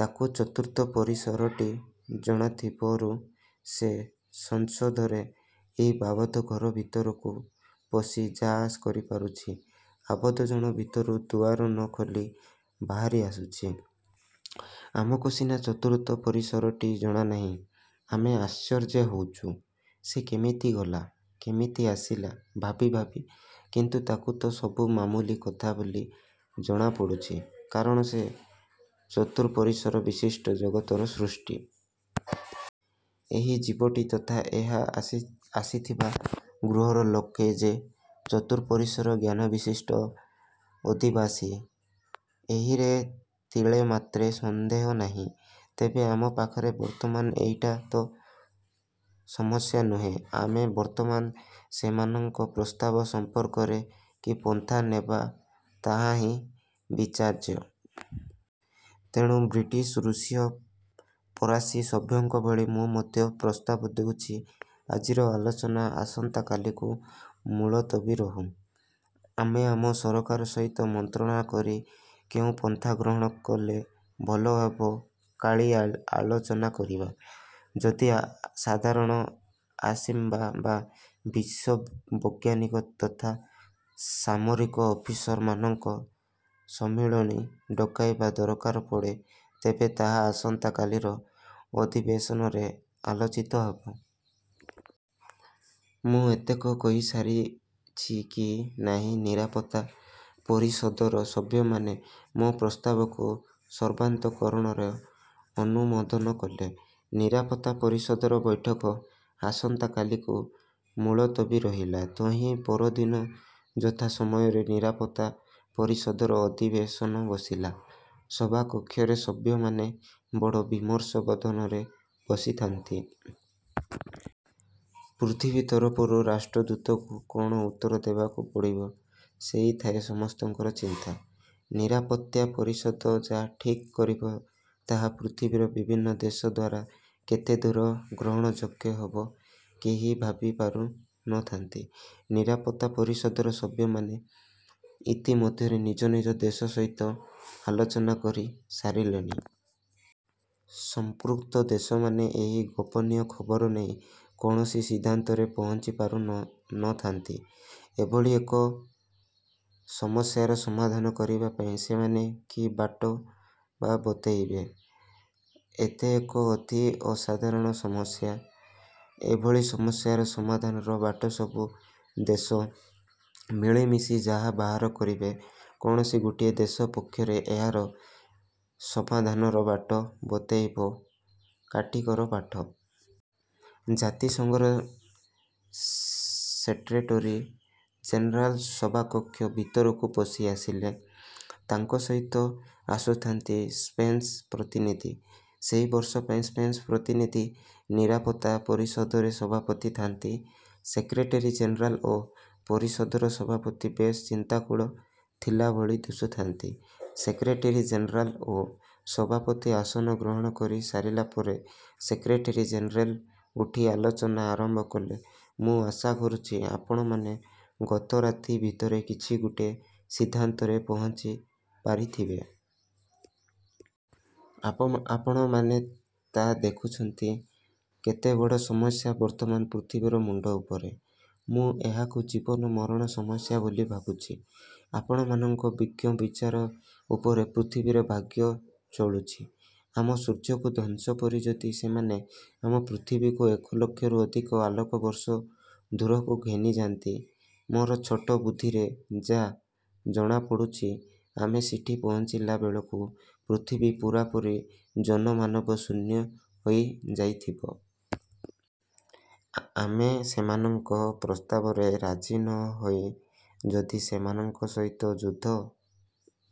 ତାକୁ ଚତୁର୍ଥ ପରିସରଟି ଜଣାଥିବରୁ ସେ ସ୍ଵଚ୍ଛନ୍ଦରେ ଏହି ଆବଦ୍ଧ ଘର ଭିତରକୁ ପଶି ଯା'ଆସ କରିପାରୁଛି ଆବଦ୍ଧ ଜଣ ଭିତରୁ ଦୁଆର ନ ଖୋଲି ବାହାରି ଆସୁଛି। ଆମକୁ ସିନା ଚତୁର୍ଥ ପରିସରଟି ଜଣାନାହିଁ, ଆମେ ଆଶ୍ଚର୍ଯ୍ୟ ହେଉଛୁ, ସେ କେମିତି ଗଲା, କେମିତି ଆସିଲା ଭାବି ଭାବି କିନ୍ତୁ ତାକୁ ତ ସବୁ ମାମୁଲି କଥା ବୋଲି ଜଣା ପଡ଼ୁଛି, କାରଣ ସେ ଚତୁଃପରିସର ବିଶିଷ୍ଟ ଜଗତର ସୃଷ୍ଟି। ଏହି ଜୀବଟି ତଥା ଏହା ଆସିଥିବା ଗ୍ରହର ଲୋକେ ଯେ ଚତୁଃପରିସର ଜ୍ଞାନବିଶିଷ୍ଟ ଅଧିବାସୀ, ଏହିରେ ତିଳେମାତ୍ର ସନ୍ଦେହ ନାହିଁ। ତେବେ ଆମ ପାଖରେ ବର୍ତ୍ତମାନ ଏଇଟା ତ ସମସ୍ୟା ନୁହେଁ। ଆମେ ବର୍ତ୍ତମାନ ସେମାନଙ୍କ ପ୍ରସ୍ତାବ ସମ୍ପର୍କରେ କି ପନ୍ଥା ନେବା ତାହା ହିଁ ବିଚାର୍ଯ୍ୟ। ତେଣୁ ବ୍ରିଟିଶ, ରୁଷୀୟ, ଫରାସୀ ସଭ୍ୟଙ୍କ ଭଳି ମୁଁ ମଧ୍ୟ ପ୍ରସ୍ତାବ ଦେଉଛି ଆଜିର ଆଲୋଚନା ଆସନ୍ତା କାଲିକୁ ମୁଲତବୀ ରହୁ। ଆମେ ଆମ ସରକାର ସହିତ ମନ୍ତ୍ରଣା କରି କେଉଁ ପନ୍ଥା ଗ୍ରହଣ କଲେ ଭଲ ହେବ କାଲି ଆଲୋଚନା କରିବା। ଯଦି ସାଧାରଣ ଆସେମ୍ୱିବା ବିଶବୈଜ୍ଞାନିକ ତଥା ସାମରିକ ଅଫିସରମାନଙ୍କ ସମ୍ମିଳନୀ ଡକାଇବା ଦରକାର ପଡ଼େ ତେବେ ତାହା ଆସନ୍ତା କାଲିର ଅଧିବେଶନରେ ଆଲୋଚିତ ହେବ। ମୁଁ ଏତକ କହିସାରିଛି କି ନାହିଁ ନିରାପତ୍ତା ପରିଷଦର ସଭ୍ୟମାନେ ମୋ ପ୍ରସ୍ତାବକୁ ସର୍ବାନ୍ତକରଣରେ ଅନୁମୋଦନ କଲେ। ନିରାପତ୍ତା ପରିଷଦର ବୈଠକ ଆସନ୍ତାକାଲିକୁ ମୁଲତବୀ ରହିଲା। ତହିଁ ପରଦିନ ଯଥା ସମୟରେ ନିରାପତ୍ତା ପରିଷଦର ଅଧିବେଶନ ବସିଲା। ସଭାକକ୍ଷରେ ସଭ୍ୟମାନେ ବଡ଼ ବିମର୍ଷ ବଦନରେ ବସିଥାନ୍ତି। ପୃଥିବୀ ତରଫରୁ ରାଷ୍ଟ୍ରଦୂତକୁ କଣ ଉତ୍ତର ଦେବାକୁ ପଡ଼ିବ ସେଇ ଥାଏ ସମସ୍ତଙ୍କର ଚିନ୍ତା। ନିରାପତ୍ତା ପରିଷଦ ଯା ଠିକ୍ କରିବ ତାହା ପୃଥିବୀର ବିଭିନ୍ନ ଦେଶ ଦ୍ୱାରା କେତେ ଦୂର ଗ୍ରହଣଯୋଗ୍ୟ ହେବ କେହି ଭାବି ପାରୁ ନ ଥାନ୍ତି। ନିରାପତ୍ତା ପରିଷଦର ସଭ୍ୟମାନେ ଇତି ମଧ୍ୟରେ ନିଜ ନିଜ ଦେଶ ସହିତ ଆଲୋଚନା କରି ସାରିଲେଣି। ସମ୍ପୃକ୍ତ ଦେଶମାନେ ଏହି ଗୋପନୀୟ ଖବର ନେଇ କୌଣସି ସିଦ୍ଧାନ୍ତରେ ପହଞ୍ଚି ପାରୁ ନଥାନ୍ତି। ଏଭଳି ଏକ ସମସ୍ୟାର ସମାଧାନ କରିବା ପାଇଁ ସେମାନେ କି ବାଟ ବା ବତେଇବେ? ଏତ ଏକ ଅତି ଅସାଧାରଣ ସମସ୍ୟା। ଏଭଳି ସମସ୍ୟାର ସମାଧାନର ବାଟ ସବୁ ଦେଶ ମିଳିମିଶି ଯାହା ବାହାର କରିବେ, କୌଣସି ଗୋଟିଏ ଦେଶ ପକ୍ଷରେ ଏହାର ସମାଧାନର ବାଟ ବତେଇବ କାଠିକର ପାଠ। ଜାତିସଂଘର ସେଟ୍ରେଟେରୀ ଜେନେରାଲ ସଭାକକ୍ଷ ଭିତରକୁ ପଶି ଆସିଲେ। ତାଙ୍କ ସହିତ ଆସୁଥାନ୍ତି ସ୍ପେନ୍ର ପ୍ରତିନିଧି। ସେହି ବର୍ଷ ପାଇଁ ସ୍ପେନ୍ର ପ୍ରତିନିଧି ନିରାପତ୍ତା ପରିଷଦରେ ସଭାପତି ଥାନ୍ତି। ସେକ୍ରେଟେରୀ ଜେନେରାଲ ଓ ପରିଷଦର ସଭାପତି ବେଶ ଚିନ୍ତାକୁଳ ଥିଲାଭଳି ଦିଶୁଥାନ୍ତି। ସେକ୍ରେଟେରୀ ଜେନେରାଲ ଓ ସଭାପତି ଆସନ ଗ୍ରହଣ କରି ସରିଲାପରେ ସେକ୍ରେଟେରୀ ଜେନେରେଲ ଉଠି ଆଲୋଚନା ଆରମ୍ଭ କଲେ ମୁଁ ଆଶା କରୁଛି, ଆପଣମାନେ ଗତ ରାତି ଭିତରେ କିଛି ଗୋଟାଏ ସିଦ୍ଧାନ୍ତରେ ପହଞ୍ଚି ପାରିଥିବେ। ଆପଣମାନେ ତା ଦେଖୁଛନ୍ତି, କେତେ ବଡ଼ ସମସ୍ୟା ବର୍ତ୍ତମାନ ପୃଥିବୀର ମୁଣ୍ଡ ଉପରେ। ମୁଁ ଏହାକୁ ଜୀବନ ମରଣ ସମସ୍ୟା ବୋଲି ଭାବୁଛି। ଆପଣମାନଙ୍କ ବିଜ୍ଞ ବିଚାର ଉପରେ ପୃଥିବୀର ଭାଗ୍ୟ ଝୁଲୁଛି। ଆମ ସୂର୍ଯ୍ୟକୁ ଧ୍ୱଂସ କରି ଯଦି ସେମାନେ ଆମ ପୃଥିବୀକୁ ଏକଲକ୍ଷରୁ ଅଧିକ ଆଲୋକବର୍ଷ ଦୂରକୁ ଘେନିଯାନ୍ତି, ମୋର ଛୋଟ ବୁଦ୍ଧିରେ ଯା' ଜଣା ପଡ଼ୁଛି ଆମେ ସେଠି ପହଞ୍ଚିଲା ବେଳକୁ ପୃଥିବୀ ପୂରାପୂରି ଜନମାନବ ଶୂନ୍ୟ ହୋଇ ଯାଇଥିବ। ଆମେ ସେମାନଙ୍କ ପ୍ରସ୍ତାବରେ ରାଜି ନ ହୋଇ ଯଦି ସେମାନଙ୍କ ସହିତ ଯୁଦ୍ଧ